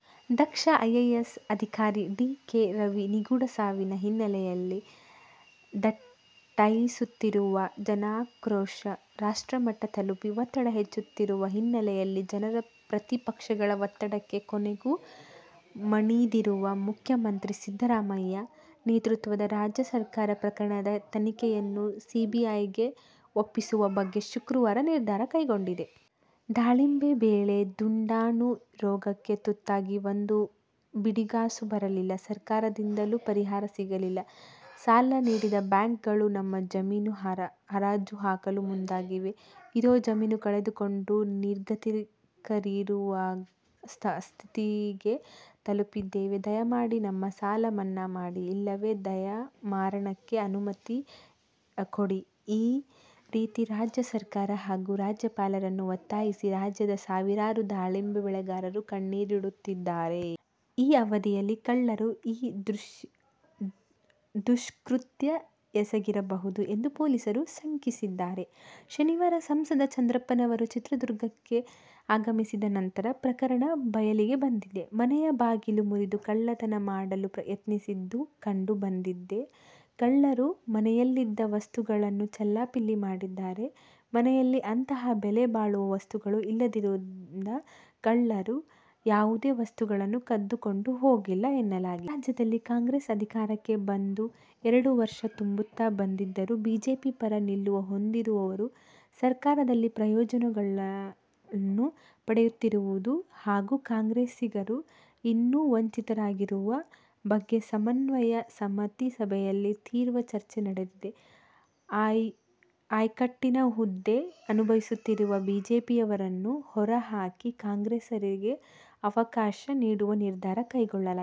ದಕ್ಷ IAS ಅಧಿಕಾರಿ D. K. Ravi ನಿಗೂಢ ಸಾವಿನ ಹಿನ್ನೆಲೆಯಲ್ಲಿ ದಟ್ಟೈಸುತ್ತಿರುವ ಜನಾಕ್ರೋಶ ರಾಷ್ಟ್ರಮಟ್ಟ ತಲುಪಿ ಒತ್ತಡ ಹೆಚ್ಚುತ್ತಿರುವ ಹಿನ್ನೆಲೆಯಲ್ಲಿ ಜನರ, ಪ್ರತಿಪಕ್ಷಗಳ ಒತ್ತಡಕ್ಕೆ ಕೊನೆಗೂ ಮಣಿದಿರುವ ಮುಖ್ಯಮಂತ್ರಿ ಸಿದ್ದರಾಮಯ್ಯ ನೇತೃತ್ವದ ರಾಜ್ಯ ಸರ್ಕಾರ ಪ್ರಕರಣದ ತನಿಖೆಯನ್ನು ಸಿಬಿಐಗೆ ಒಪ್ಪಿಸುವ ಬಗ್ಗೆ ಶುಕ್ರವಾರ ನಿರ್ಧಾರ ಕೈಗೊಂಡಿದೆ. ದಾಳಿಂಬೆ ಬೆಳೆ "ದುಂಡಾಣು' ರೋಗಕ್ಕೆ ತುತ್ತಾಗಿ ಒಂದು ಬಿಡಿಗಾಸೂ ಬರಲಿಲ್ಲ. ಸರ್ಕಾರದಿಂದಲೂ ಪರಿಹಾರ ಸಿಗಲಿಲ್ಲ. ಸಾಲ ನೀಡಿದ್ದ ಬ್ಯಾಂಕುಗಳು ನಮ್ಮ ಜಮೀನು ಹರಾಜು ಹಾಕಲು ಮುಂದಾಗಿವೆ. ಇರೋ ಜಮೀನು ಕಳೆದುಕೊಂಡು ನಿರ್ಗತಿಕರಾಗುವ ಸ್ಥಿತಿಗೆ ತಲುಪಿದ್ದೇವೆ. ದಯಮಾಡಿ ನಮ್ಮ ಸಾಲ ಮನ್ನಾ ಮಾಡಿ, ಇಲ್ಲವೇ ದಯಾಮರಣಕ್ಕೆ ಅನುಮತಿ ಕೊಡಿಈ ರೀತಿ ರಾಜ್ಯ ಸರ್ಕಾರ ಹಾಗೂ ರಾಜ್ಯಪಾಲರನ್ನು ಒತ್ತಾಯಿಸಿ ರಾಜ್ಯದ ಸಾವಿರಾರು ದಾಳಿಂಬೆ ಬೆಳಗಾರರು ಕಣ್ಣೀರಿಡುತ್ತಿದ್ದಾರೆ. ಈ ಅವಧಿಯಲ್ಲಿ ಕಳ್ಳರು ಈ ದುಷ್ಕೃತ್ಯ ಎಸಗಿರಬಹುದು ಎಂದು ಪೊಲೀಸರು ಶಂಕಿಸಿದ್ದಾರೆ. ಶನಿವಾರ ಸಂಸದ ಚಂದ್ರಪ್ಪನವರು ಚಿತ್ರದುರ್ಗಕ್ಕೆ ಆಗಮಿಸಿದ ನಂತರ ಪ್ರಕರಣ ಬಯಲಿಗೆ ಬಂದಿದೆ. ಮನೆಯ ಬಾಗಿಲು ಮುರಿದು ಕಳ್ಳತನ ಮಾಡಲು ಯತ್ನಿಸಿದ್ದು ಕಂಡು ಬಂದಿದೆ. ಕಳ್ಳರು ಮನೆಯಲ್ಲಿದ್ದ ವಸ್ತುಗಳನ್ನು ಚೆಲ್ಲಾಪಿಲ್ಲಿ ಮಾಡಿದ್ದಾರೆ. ಮನೆಯಲ್ಲಿ ಅಂತಹ ಬೆಲೆ ಬಾಳುವ ವಸ್ತುಗಳು ಇಲ್ಲದ್ದರಿಂದ ಕಳ್ಳರು ಯಾವುದೇ ವಸ್ತುಗಳನ್ನು ಕದ್ದುಕೊಂಡು ಹೋಗಿಲ್ಲ ಎನ್ನಲಾಗಿದೆ. ರಾಜ್ಯದಲ್ಲಿ ಕಾಂಗ್ರೆಸ್ ಅಧಿಕಾರಕ್ಕೆ ಬಂದು ಎರಡು ವರ್ಷ ತುಂಬುತ್ತಾ ಬಂದಿದ್ದರೂ ಬಿಜೆಪಿ ಪರ ನಿಲುವು ಹೊಂದಿರುವವರು ಸರ್ಕಾರದಲ್ಲಿ ಪ್ರಯೋಜನಗಳನ್ನು ಪಡೆಯುತ್ತಿರುವುದು ಹಾಗೂ ಕಾಂಗ್ರೆಸ್ಸಿಗರು ಇನ್ನೂ ವಂಚಿತರಾಗಿರುವ ಬಗ್ಗೆ ಸಮನ್ವಯ ಸಮಿತಿ ಸಭೆಯಲ್ಲಿ ತೀವ್ರ ಚರ್ಚೆ ನಡೆದಿದೆ. ಆಯಕಟ್ಟಿನ ಹುದ್ದೆ ಅನುಭವಿಸುತ್ತಿರುವ ಬಿಜೆಪಿಯವರನ್ನು ಹೊರ ಹಾಕಿ, ಕಾಂಗ್ರೆಸ್ಸಿಗರಿಗೆ ಅವಕಾಶ ನೀಡುವ ನಿರ್ಧಾರ ಕೈಗೊಳ್ಳಲಾಗಿದೆ.